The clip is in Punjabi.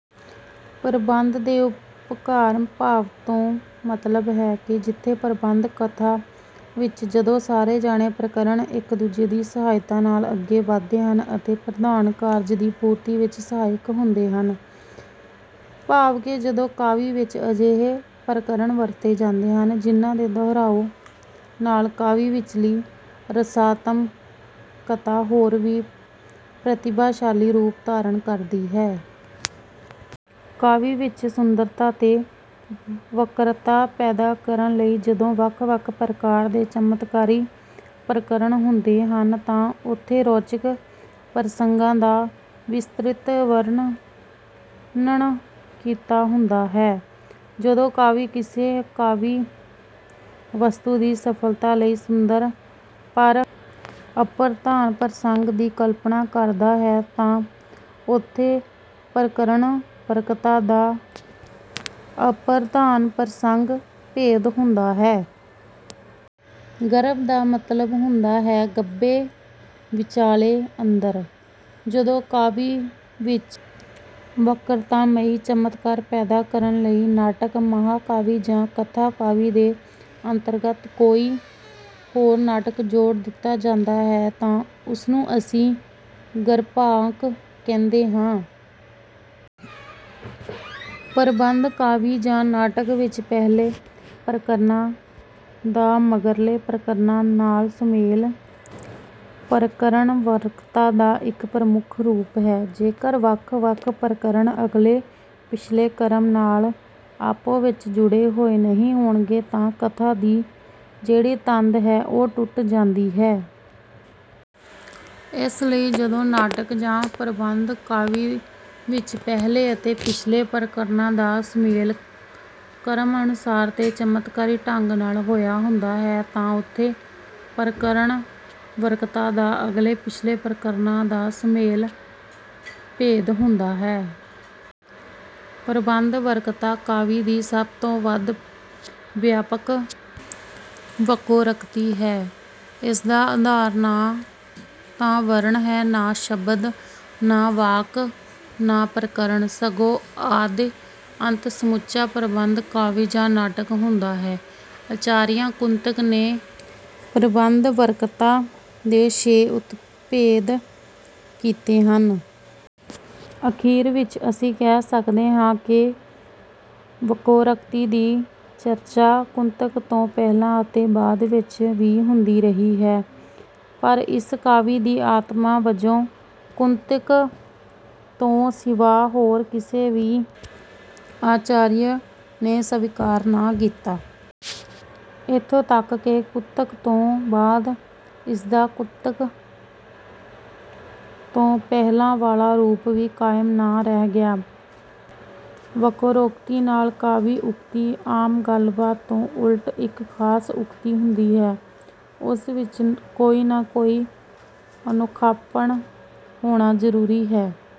ਪ੍ਰਬੰਧ ਦੇ ਉਪਕਾਰ ਭਾਵ ਤੋਂ ਮਤਲਬ ਹੈ ਕਿ ਜਿੱਥੇ ਪ੍ਰਬੰਧ ਕਥਾ ਵਿੱਚ ਜਦੋਂ ਸਾਰੇ ਪ੍ਰਕਰਣ ਇੱਕ-ਦੂਜੇ ਦੀ ਸਹਾਇਤਾ ਨਾਲ ਅੱਗੇ ਵੱਧਦੇ ਹਨ ਅਤੇ ਪ੍ਰਧਾਨ ਕਾਰਜ ਦੀ ਪੂਰਤੀ ਵਿੱਚ ਸਹਾਇਕ ਹੁੰਦੇ ਹਨ। ਭਾਵ ਕਿ ਜਦੋਂ ਕਾਵਿ ਵਿੱਚ ਅਜਿਹੇ ਪ੍ਰਕਰਣ ਵਰਤੇ ਜਾਂਦੇ ਹਨ, ਜਿਹਨਾਂ ਦੇ ਦੁਹਰਾਉ ਨਾਲ ਕਾਵਿ ਵਿਚਲੀ ਰਸਾਤਮਕਤਾ ਹੋਰ ਵੀ ਪ੍ਰਤਿਭਾਸ਼ਾਲੀ ਰੂਪ ਧਾਰਨ ਕਰਦੀ ਹੈ। ਕਾਵਿ ਵਿੱਚ ਸੁੰਦਰਤਾ ਤੇ ਵਕ੍ਰਤਾ ਪੈਦਾ ਕਰਨ ਲਈ ਜਦੋਂ ਵੱਖ-ਵੱਖ ਪ੍ਰਕਾਰ ਦੇ ਚਮਤਕਾਰੀ ਪ੍ਰਕਰਣ ਹੁੰਦੇ ਹਨ ਤਾਂ ਉੱਥੇ ਰੌਚਕ ਪ੍ਰਸੰਗਾਂ ਦਾ ਵਿਸਤ੍ਰਿਤ ਵਰਣਨ ਕੀਤਾ ਹੁੰਦਾ ਹੈ। ਜਦੋਂ ਕਵੀ ਕਿਸੇ ਕਾਵਿ ਵਸਤੂ ਦੀ ਸਫਲਤਾ ਲਈ ਸੁੰਦਰ, ਪਰ ਅਪ੍ਰਧਾਨ ਪ੍ਰਸੰਗ ਦੀ ਕਲਪਨਾ ਕਰਦਾ ਹੈ ਤਾਂ ਉੱਥੇ ਪ੍ਰਕਰਣ ਵਕ੍ਰਤਾ ਦਾ ਅਪ੍ਰਧਾਨ ਪ੍ਰਸੰਗ ਭੇਦ ਹੁੰਦਾ ਹੈ। ਗਰਭ ਦਾ ਮਤਲਬ ਹੁੰਦਾ ਹੈ ਗੱਭੇ, ਵਿਚਾਲੇ, ਅੰਦਰ। ਜਦੋਂ ਕਾਵਿ ਵਿੱਚ ਵਕ੍ਰਤਾਮਈ ਚਮਤਕਾਰ ਪੈਦਾ ਕਰਨ ਲਈ ਨਾਟਕ, ਮਹਾਂਕਾਵਿ ਜਾਂ ਕਥਾ ਕਾਵਿ ਦੇ ਅੰਤਰਗਤ ਕੋਈ ਹੋਰ ਨਾਟਕ ਜੋੜ ਦਿੱਤਾ ਜਾਂਦਾ ਹੈ ਤਾਂ ਉਸ ਨੂੰ ਅਸੀਂ ਗਰਭਾਂਕ ਕਹਿੰਦੇ ਹਾਂ। ਪ੍ਰਬੰਧ ਕਾਵਿ ਜਾਂ ਨਾਟਕ ਵਿੱਚ ਪਹਿਲੇ ਪ੍ਰਕਰਣਾਂ ਦਾ ਮਗਰਲੇ ਪ੍ਰਕਰਣਾਂ ਨਾਲ ਸੁਮੇਲ ਪ੍ਰਕਰਣ ਵਕ੍ਰਤਾ ਦਾ ਇੱਕ ਪ੍ਰਮੁੱਖ ਰੂਪ ਹੈ। ਜੇਕਰ ਵੱਖ-ਵੱਖ ਪ੍ਰਕਰਣ ਅਗਲੇ-ਪਿਛਲੇ ਕ੍ਰਮ ਨਾਲ ਆਪੋ ਵਿੱਚ ਜੁੜੇ ਹੋਏ ਨਹੀਂ ਹੋਣਗੇ ਤਾਂ ਕਥਾ ਦੀ ਜਿਹੜੀ ਤੰਦ ਹੈ ਉਹ ਟੁੱਟ ਜਾਂਦੀ ਹੈ। ਇਸ ਲਈ ਜਦੋਂ ਨਾਟਕ ਜਾਂ ਪ੍ਰਬੰਧ ਕਾਵਿ ਵਿੱਚ ਪਹਿਲੇ ਅਤੇ ਪਿਛਲੇ ਪ੍ਰਕਰਣਾਂ ਦਾ ਸੁਮੇਲ ਕ੍ਰਮ ਅਨੁਸਾਰ ਤੇ ਚਮਤਕਾਰੀ ਢੰਗ ਨਾਲ ਹੋਇਆ ਹੁੰਦਾ ਹੈ ਤਾਂ ਉੱਥੇ 'ਪ੍ਰਕਰਣ ਵਕ੍ਰਤਾ' ਦਾ ਅਗਲੇ-ਪਿਛਲੇ ਪ੍ਰਕਰਣਾਂ ਦਾ ਸੁਮੇਲ ਭੇਦ ਹੁੰਦਾ ਹੈ। ਪ੍ਰਬੰਧ ਵਕ੍ਰਤਾ ਕਾਵਿ ਦੀ ਸਭ ਤੋਂ ਵੱਧ ਵਿਆਪਕ ਵਕ੍ਰੋਕਤੀ ਹੈ। ਇਸਦਾ ਆਧਾਰ ਨਾ ਤਾਂ ਵਰਣ ਹਨ, ਨਾ ਸ਼ਬਦ, ਨਾ ਵਾਕ, ਨਾ ਪ੍ਰਕਰਣ, ਸਗੋਂ ਆਦਿ-ਅੰਤ ਸਮੁੱਚਾ ਪ੍ਰਬੰਧ ਕਾਵਿ ਜਾਂ ਨਾਟਕ ਹੁੰਦਾ ਹੈ। ਆਚਾਰੀਆ ਕੁੰਤਕ ਨੇ ਪ੍ਰਬੰਧ-ਵਕ੍ਰਤਾ ਦੇ ਛੇ ਉਪਭੇਦ ਕੀਤੇ ਹਨ। ਅਖੀਰ ਵਿੱਚ ਅਸੀਂ ਕਹਿ ਸਕਦੇ ਹਾਂ ਕਿ ਵਕ੍ਰੋਕਤੀ ਦੀ ਚਰਚਾ ਕੁੰਤਕ ਤੋਂ ਪਹਿਲਾਂ ਅਤੇ ਬਾਅਦ ਵਿੱਚ ਵੀ ਹੁੰਦੀ ਰਹੀ ਹੈ, ਪਰ ਇਸ ਕਾਵਿ ਦੀ ਆਤਮਾ ਵਜੋਂ ਕੁੰਤਕ ਤੋਂ ਸਿਵਾ ਹੋਰ ਕਿਸੇ ਵੀ ਆਚਾਰਯ ਨੇ ਸਵੀਕਾਰ ਨਾ ਕੀਤਾ। ਇੱਥੋਂ ਤੱਕ ਕਿ ਕੁੰਤਕ ਤੋਂ ਬਾਅਦ ਇਸ ਦਾ ਕੁੰਤਕ ਤੋਂ ਪਹਿਲਾਂ ਵਾਲਾ ਰੂਪ ਵੀ ਕਾਇਮ ਨਾ ਰਹਿ ਗਿਆ। ਵਕ੍ਰੋਕਤੀ ਨਾਲ ਕਾਵਿ ਉਕਤੀ ਆਮ ਗੱਲ-ਬਾਤ ਤੋਂ ਉਲਟ ਇੱਕ ਖਾਸ ਉਕਤੀ ਹੁੰਦੀ ਹੈ। ਉਸ ਵਿੱਚ ਕੋਈ ਨਾ ਕੋਈ ਅਨੋਖਾਪਨ ਹੋਣਾ ਜਰੂਰੀ ਹੈ।